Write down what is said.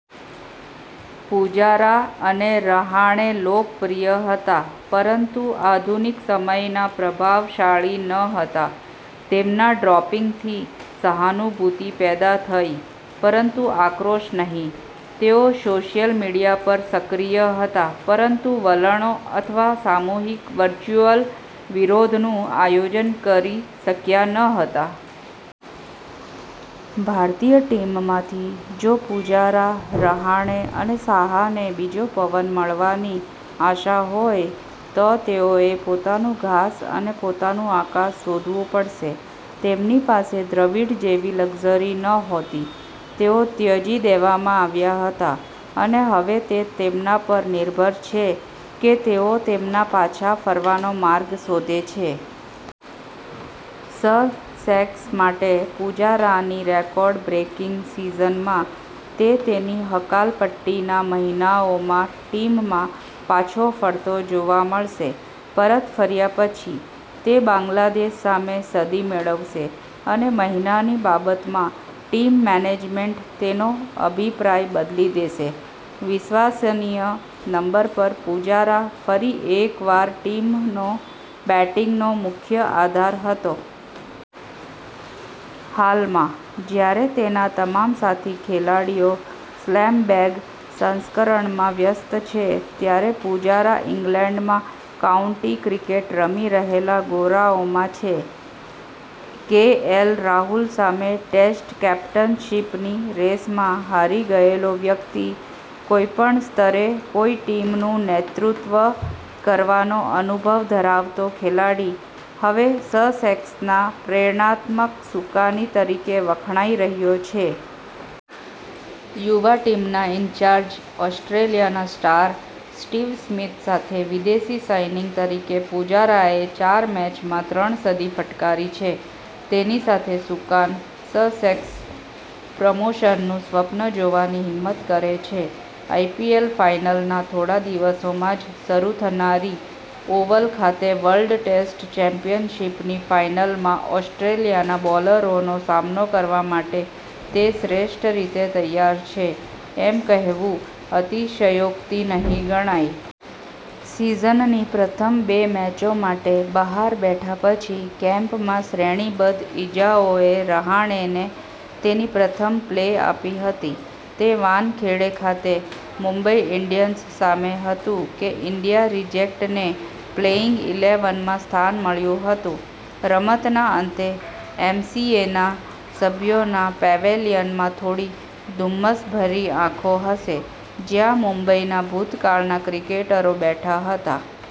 પૂજારા અને રહાણે લોકપ્રિય હતા પરંતુ આધુનિક સમયના પ્રભાવશાળી ન હતા. તેમના ડ્રોપિંગથી સહાનુભૂતિ પેદા થઈ પરંતુ આક્રોશ નહીં. તેઓ સોશિયલ મીડિયા પર સક્રિય હતા પરંતુ વલણો અથવા સામૂહિક વર્ચ્યુઅલ વિરોધનું આયોજન કરી શક્યા ન હતા. ભારતીય ટીમમાંથી, જો પૂજારા, રહાણે અને સાહાને 'બીજો પવન' મળવાની આશા હોય, તો તેઓએ પોતાનું ઘાસ અને પોતાનું આકાશ શોધવું પડશે. તેમની પાસે દ્રવિડ જેવી લક્ઝરી નહોતી. તેઓ ત્યજી દેવામાં આવ્યા હતા અને હવે તે તેમના પર નિર્ભર છે કે તેઓ તેમના પાછા ફરવાનો માર્ગ શોધે છે. સસેક્સ માટે પુજારાની રેકોર્ડ બ્રેકિંગ સિઝનમાં તે તેની હકાલપટ્ટીના મહિનાઓમાં ટીમમાં પાછો ફરતો જોવા મળશે. પરત ફર્યા પછી, તે બાંગ્લાદેશ સામે સદી મેળવશે અને મહિનાની બાબતમાં, ટીમ મેનેજમેન્ટ તેનો અભિપ્રાય બદલી દેશે, વિશ્વસનીય નંબર પર પુજારા ફરી એકવાર ટીમનો બેટિંગનો મુખ્ય આધાર હતો. હાલમાં, જ્યારે તેના તમામ સાથી ખેલાડીઓ સ્લેમ-બેંગ સંસ્કરણમાં વ્યસ્ત છે, ત્યારે પૂજારા ઇંગ્લેન્ડમાં કાઉન્ટી ક્રિકેટ રમી રહેલા ગોરાઓમાં છે. કેએલ રાહુલ સામે ટેસ્ટ કેપ્ટનશીપની રેસમાં હારી ગયેલો વ્યક્તિ, કોઈપણ સ્તરે કોઈ ટીમનું નેતૃત્વ કરવાનો અનુભવ ધરાવતો ખેલાડી, હવે સસેક્સના પ્રેરણાત્મક સુકાની તરીકે વખણાઈ રહ્યો છે. યુવા ટીમના ઈન્ચાર્જ, ઓસ્ટ્રેલિયાના સ્ટાર સ્ટીવ સ્મિથ સાથે વિદેશી સાઈનિંગ તરીકે પુજારાએ ચાર મેચમાં ત્રણ સદી ફટકારી છે. તેની સાથે સુકાન, સસેક્સ પ્રમોશનનું સ્વપ્ન જોવાની હિંમત કરે છે. આઇપીએલ ફાઇનલના થોડા દિવસોમાં જ શરૂ થનારી ઓવલ ખાતે વર્લ્ડ ટેસ્ટ ચેમ્પિયનશિપની ફાઇનલમાં ઓસ્ટ્રેલિયાના બોલરોનો સામનો કરવા માટે તે શ્રેષ્ઠ રીતે તૈયાર છે એમ કહેવું અતિશયોક્તિ નહીં ગણાય. સીઝનની પ્રથમ બે મેચો માટે બહાર બેઠા પછી, કેમ્પમાં શ્રેણીબદ્ધ ઇજાઓએ રહાણેને તેની પ્રથમ પ્લેય આપી હતી. તે વાનખેડે ખાતે મુંબઈ ઈન્ડિયન્સ સામે હતું કે ઈન્ડિયા રિજેક્ટને પ્લેઈંગ ઈલેવનમાં સ્થાન મળ્યું હતું. રમતના અંતે, એમસીએના સભ્યોના પેવેલિયનમાં થોડી ધુમ્મસભરી આંખો હશે, જ્યાં મુંબઈના ભૂતકાળના ક્રિકેટરો બેઠા હતા.